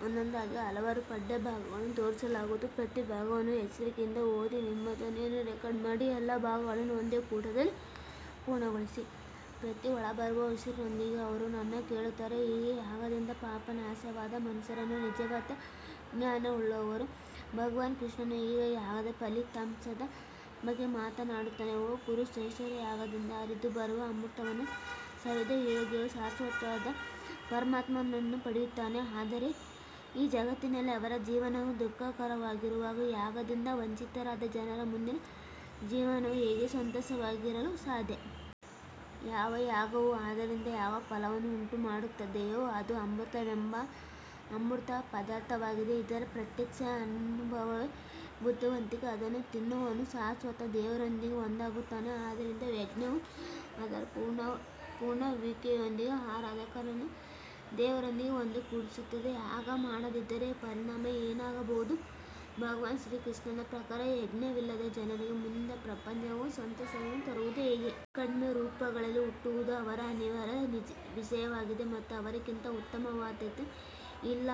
ಪ್ರತಿ ಒಳಬರುವ ಉಸಿರಿನೊಂದಿಗೆ ಅವರು ಅನ್ನು ಕೇಳುತ್ತಾರೆ ಹೀಗೆ ಯಾಗದಿಂದ ಪಾಪ ನಾಶವಾದ ಮನುಷ್ಯರು ನಿಜವಾದ ಜ್ಞಾನವುಳ್ಳವರು ಭಗವಾನ್ ಕೃಷ್ಣನು ಈಗ ಯಾಗದ ಫಲಿತಾಂಶದ ಬಗ್ಗೆ ಮಾತನಾಡುತ್ತಾನೆ ಓ ಕುರು ಶ್ರೇಷ್ಠರೇ, ಯಾಗದಿಂದ ಹರಿದು ಬರುವ ಅಮೃತವನ್ನು ಸವಿದ ಯೋಗಿಯು ಶಾಶ್ವತ ಪರಮಾತ್ಮನನ್ನು ಪಡೆಯುತ್ತಾನೆ ಆದರೆ ಈ ಜಗತ್ತಿನಲ್ಲಿ ಅವರ ಜೀವನವೂ ದುಃಖಕರವಾಗಿರುವಾಗ ಯಾಗದಿಂದ ವಂಚಿತರಾದ ಜನರ ಮುಂದಿನ ಜೀವನವು ಹೇಗೆ ಸಂತೋಷವಾಗಿರಲು ಸಾಧ್ಯ? ಯಾವ ಯಾಗವು ಅದರಿಂದ ಯಾವ ಫಲವನ್ನು ಉಂಟುಮಾಡುತ್ತದೆಯೋ ಅದು ಅಮೃತವೆಂಬ ಅಮೃತ ಪದಾರ್ಥವಾಗಿದೆ ಇದರ ಪ್ರತ್ಯಕ್ಷ ಅನುಭವವೇ ಬುದ್ಧಿವಂತಿಕೆ ಅದನ್ನು ತಿನ್ನುವವನು ಶಾಶ್ವತ ದೇವರೊಂದಿಗೆ ಒಂದಾಗುತ್ತಾನೆ ಆದ್ದರಿಂದ ಯಜ್ಞವು ಅದರ ಪೂರ್ಣಗೊಳ್ಳುವಿಕೆಯೊಂದಿಗೆ ಆರಾಧಕನನ್ನು ದೇವರೊಂದಿಗೆ ಒಂದುಗೂಡಿಸುತ್ತದೆ ಯಾಗ ಮಾಡದಿದ್ದರೆ ಪರಿಣಾಮ ಏನಾಗಬಹುದು ಭಗವಾನ್ ಶ್ರೀಕೃಷ್ಣನ ಪ್ರಕಾರ, ಯಜ್ಞವಿಲ್ಲದ ಜನರಿಗೆ ಮುಂದಿನ ಪ್ರಪಂಚವು ಸಂತೋಷವನ್ನು ತರುವುದು ಹೇಗೆ? ಕಡಿಮೆ ರೂಪಗಳಲ್ಲಿ ಹುಟ್ಟುವುದು ಅವರ ಅನಿವಾರ್ಯ ವಿಷಯವಾಗಿದೆ ಮತ್ತು ಅವರಿಗಿಂತ ಉತ್ತಮವಾದದ್ದೇನೂ ಇಲ್ಲ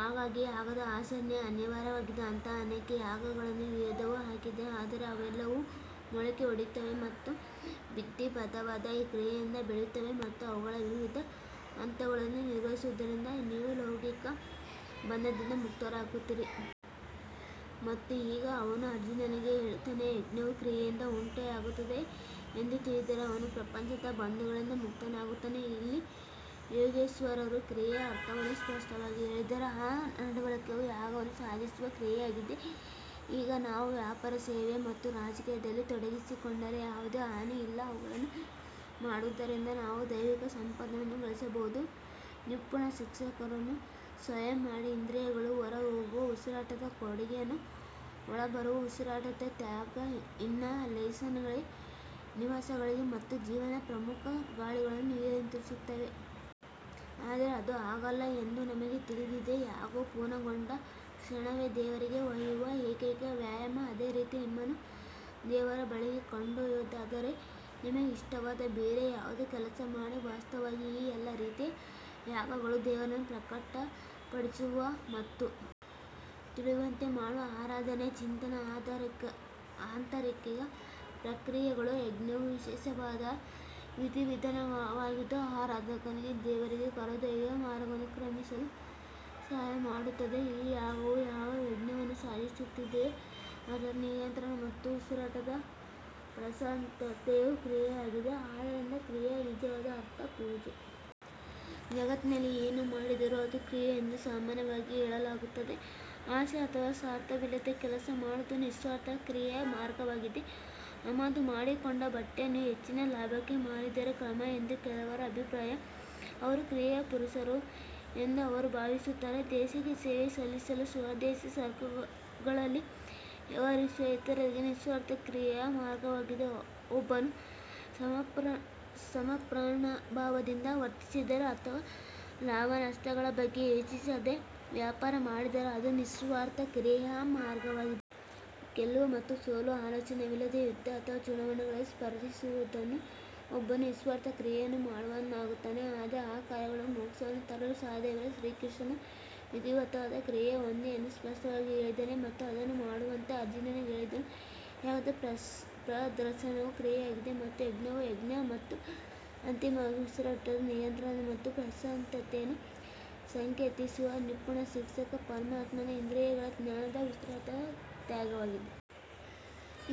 ಹಾಗಾಗಿ ಯಾಗದ ಆಚರಣೆ ಅನಿವಾರ್ಯವಾಗಿದೆ ಅಂತಹ ಅನೇಕ ಯಾಗಗಳನ್ನು ವೇದವು ಹಾಕಿದೆ ಆದರೆ ಅವೆಲ್ಲವೂ ಮೊಳಕೆಯೊಡೆಯುತ್ತವೆ ಮತ್ತು ವಿಧಿಬದ್ಧವಾದ ಕ್ರಿಯೆಯಿಂದ ಬೆಳೆಯುತ್ತವೆ ಮತ್ತು ಅವುಗಳ ವಿವಿಧ ಹಂತಗಳನ್ನು ನಿರ್ವಹಿಸುವುದರಿಂದ ನೀವು ಲೌಕಿಕ ಬಂಧನದಿಂದ ಮುಕ್ತರಾಗುತ್ತೀರಿ. ಮತ್ತು ಈಗ ಅವನು ಅರ್ಜುನನಿಗೆ ಹೇಳುತ್ತಾನೆ, ಯಜ್ಞವು ಕ್ರಿಯೆಯಿಂದ ಉಂಟಾಗುತ್ತದೆ ಎಂದು ತಿಳಿದರೆ ಅವನು ಪ್ರಪಂಚದ ಬಂಧಗಳಿಂದ ಮುಕ್ತನಾಗುತ್ತಾನೆ. ಇಲ್ಲಿ ಯೋಗೇಶ್ವರರು ಕ್ರಿಯೆಯ ಅರ್ಥವನ್ನು ಸ್ಪಷ್ಟವಾಗಿ ಹೇಳಿದ್ದಾರೆ ಆ ನಡವಳಿಕೆಯು ಯಾಗವನ್ನು ಸಾಧಿಸುವ ಕ್ರಿಯೆಯಾಗಿದೆ ಈಗ ನಾವು ವ್ಯಾಪಾರ ಸೇವೆ ಮತ್ತು ರಾಜಕೀಯದಲ್ಲಿ ತೊಡಗಿಸಿಕೊಂಡರೆ ಯಾವುದೇ ಹಾನಿ ಇಲ್ಲ, ಅವುಗಳನ್ನು ಮಾಡುವುದರಿಂದ ನಾವು ದೈವಿಕ ಸಂಪತ್ತನ್ನು ಗಳಿಸಬಹುದು, ನಿಪುಣ ಶಿಕ್ಷಕರನ್ನು ಸಂಯಮ ಮಾಡಿ ಇಂದ್ರಿಯಗಳು ಹೊರಹೋಗುವ ಉಸಿರಾಟದ ಕೊಡುಗೆಯನ್ನು ಒಳಬರುವ ಉಸಿರಾಟದ ತ್ಯಾಗ ಇನ್ಹಲೇಷನ್ಗಳಿಗೆ ನಿಶ್ವಾಸಗಳಿಗೆ ಮತ್ತು ಜೀವನದ ಪ್ರಮುಖ ಗಾಳಿಗಳನ್ನು ನಿಯಂತ್ರಿಸುತ್ತವೆ. ಆದರೆ ಅದು ಹಾಗಲ್ಲ ಎಂದು ನಮಗೆ ತಿಳಿದಿದೆ ಯಾಗವು ಪೂರ್ಣಗೊಂಡ ಕ್ಷಣವೇ ದೇವರಿಗೆ ಒಯ್ಯುವ ಏಕೈಕ ವ್ಯಾಯಾಮ ಅದೇ ರೀತಿ ನಿಮ್ಮನ್ನು ದೇವರ ಬಳಿಗೆ ಕೊಂಡೊಯ್ಯುವುದಾದರೆ ನಿಮಗೆ ಇಷ್ಟವಾದ ಬೇರೆ ಯಾವುದೇ ಕೆಲಸ ಮಾಡಿ ವಾಸ್ತವವಾಗಿ ಈ ಎಲ್ಲಾ ರೀತಿಯ ಯಾಗಗಳು ದೇವರನ್ನು ಪ್ರಕಟಪಡಿಸುವ ಮತ್ತು ತಿಳಿಯುವಂತೆ ಮಾಡುವ ಆರಾಧನೆಯ ಚಿಂತನೆಯ ಆಂತರಿಕ ಪ್ರಕ್ರಿಯೆಗಳು ಯಜ್ಞವು ವಿಶೇಷವಾದ ವಿಧಿ ವಿಧಾನವಾಗಿದ್ದು, ಆರಾಧಕನಿಗೆ ದೇವರಿಗೆ ಕರೆದೊಯ್ಯುವ ಮಾರ್ಗವನ್ನು ಕ್ರಮಿಸಲು ಸಹಾಯ ಮಾಡುತ್ತದೆ ಈ ಯಾಗವು ಯಾವ ಯಜ್ಞವನ್ನು ಸಾಧಿಸುತ್ತದೆಯೋ ಅದರ ನಿಯಂತ್ರಣ ಮತ್ತು ಉಸಿರಾಟದ ಪ್ರಶಾಂತತೆಯು ಕ್ರಿಯೆಯಾಗಿದೆ ಆದ್ದರಿಂದ ಕ್ರಿಯೆಯ ನಿಜವಾದ ಅರ್ಥ ಪೂಜೆ ಜಗತ್ತಿನಲ್ಲಿ ಏನು ಮಾಡಿದರೂ ಅದು ಕ್ರಿಯೆ ಎಂದು ಸಾಮಾನ್ಯವಾಗಿ ಹೇಳಲಾಗುತ್ತದೆ ಆಸೆ ಅಥವಾ ಸ್ವಾರ್ಥವಿಲ್ಲದೆ ಕೆಲಸ ಮಾಡುವುದು ನಿಸ್ವಾರ್ಥ ಕ್ರಿಯೆಯ ಮಾರ್ಗವಾಗಿದೆ ಆಮದು ಮಾಡಿಕೊಂಡ ಬಟ್ಟೆಯನ್ನು ಹೆಚ್ಚಿನ ಲಾಭಕ್ಕೆ ಮಾರಿದರೆ ಕ್ರಮ ಎಂದು ಕೆಲವರ ಅಭಿಪ್ರಾಯ ಅವರು ಕ್ರಿಯೆಯ ಪುರುಷರು ಎಂದು ಅವರು ಭಾವಿಸುತ್ತಾರೆ ದೇಶಕ್ಕೆ ಸೇವೆ ಸಲ್ಲಿಸಲು ಸ್ವದೇಶಿ ಸರಕುಗಳಲ್ಲಿ ವ್ಯವಹರಿಸುವ ಇತರರಿಗೆ ನಿಸ್ವಾರ್ಥ ಕ್ರಿಯೆಯ ಮಾರ್ಗವಾಗಿದೆ ಒಬ್ಬನು ಸಮರ್ಪಣಾಭಾವದಿಂದ ವರ್ತಿಸಿದರೆ ಅಥವಾ ಲಾಭ-ನಷ್ಟಗಳ ಬಗ್ಗೆ ಯೋಚಿಸದೆ ವ್ಯಾಪಾರ ಮಾಡಿದರೆ ಅದು ನಿಸ್ವಾರ್ಥ ಕ್ರಿಯೆಯ ಮಾರ್ಗವಾಗಿದೆ. ಗೆಲ್ಲುವ ಮತ್ತು ಸೋಲುವ ಆಲೋಚನೆಯಿಲ್ಲದೆ ಯುದ್ಧ ಅಥವಾ ಚುನಾವಣೆಯಲ್ಲಿ ಸ್ಪರ್ಧಿಸುವುದು ಒಬ್ಬನು ನಿಸ್ವಾರ್ಥ ಕ್ರಿಯೆಯನ್ನು ಮಾಡುವವನಾಗುತ್ತಾನೆ. ಆದರೆ ಈ ಕಾರ್ಯಗಳು ಮೋಕ್ಷವನ್ನು ತರಲು ಸಾಧ್ಯವಿಲ್ಲ ಶ್ರೀಕೃಷ್ಣನು ವಿಧಿವತ್ತಾದ ಕ್ರಿಯೆ ಒಂದೇ ಎಂದು ಸ್ಪಷ್ಟವಾಗಿ ಹೇಳಿದ್ದಾನೆ ಮತ್ತು ಅದನ್ನು ಮಾಡುವಂತೆ ಅರ್ಜುನನಿಗೆ ಹೇಳಿದನು. ಯಾಗದ ಪ್ರದರ್ಶನವು ಕ್ರಿಯೆಯಾಗಿದೆ ಮತ್ತು ಯಜ್ಞವು ಯಜ್ಞ ಮತ್ತು ಅಂತಿಮವಾಗಿ ಉಸಿರಾಟದ ನಿಯಂತ್ರಣ ಮತ್ತು ಪ್ರಶಾಂತತೆಯನ್ನು ಸಂಕೇತಿಸುವ ನಿಪುಣ ಶಿಕ್ಷಕ ಪರಮಾತ್ಮನ ಇಂದ್ರಿಯಗಳ ಧ್ಯಾನದ ಉಸಿರಾಟದ ತ್ಯಾಗವಾಗಿದೆ.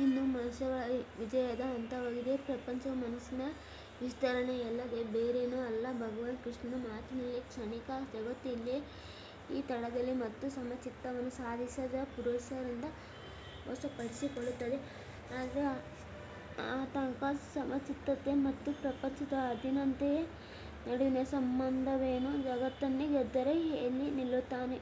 ಇದು ಮನಸ್ಸುಗಳ ವಿಜಯದ ಹಂತವಾಗಿದೆ ಪ್ರಪಂಚವು ಮನಸ್ಸಿನ ವಿಸ್ತರಣೆಯಲ್ಲದೆ ಬೇರೇನೂ ಅಲ್ಲ ಭಗವಾನ್ ಕೃಷ್ಣನ ಮಾತಿನಲ್ಲಿ, ಕ್ಷಣಿಕ ಜಗತ್ತು ಇಲ್ಲಿಯೇ ಈ ದಡದಲ್ಲಿ ಮತ್ತು ಸಮಚಿತ್ತವನ್ನು ಸಾಧಿಸಿದ ಪುರುಷರಿಂದ ವಶಪಡಿಸಿಕೊಳ್ಳುತ್ತದೆ. ಆದರೆ ಅಂತಹ ಸಮಚಿತ್ತತೆ ಮತ್ತು ಪ್ರಪಂಚದ ಅಧೀನತೆಯ ನಡುವಿನ ಸಂಬಂಧವೇನು ಜಗತ್ತನ್ನೇ ಗೆದ್ದರೆ ಎಲ್ಲಿ ನಿಲ್ಲುತ್ತಾನೆ.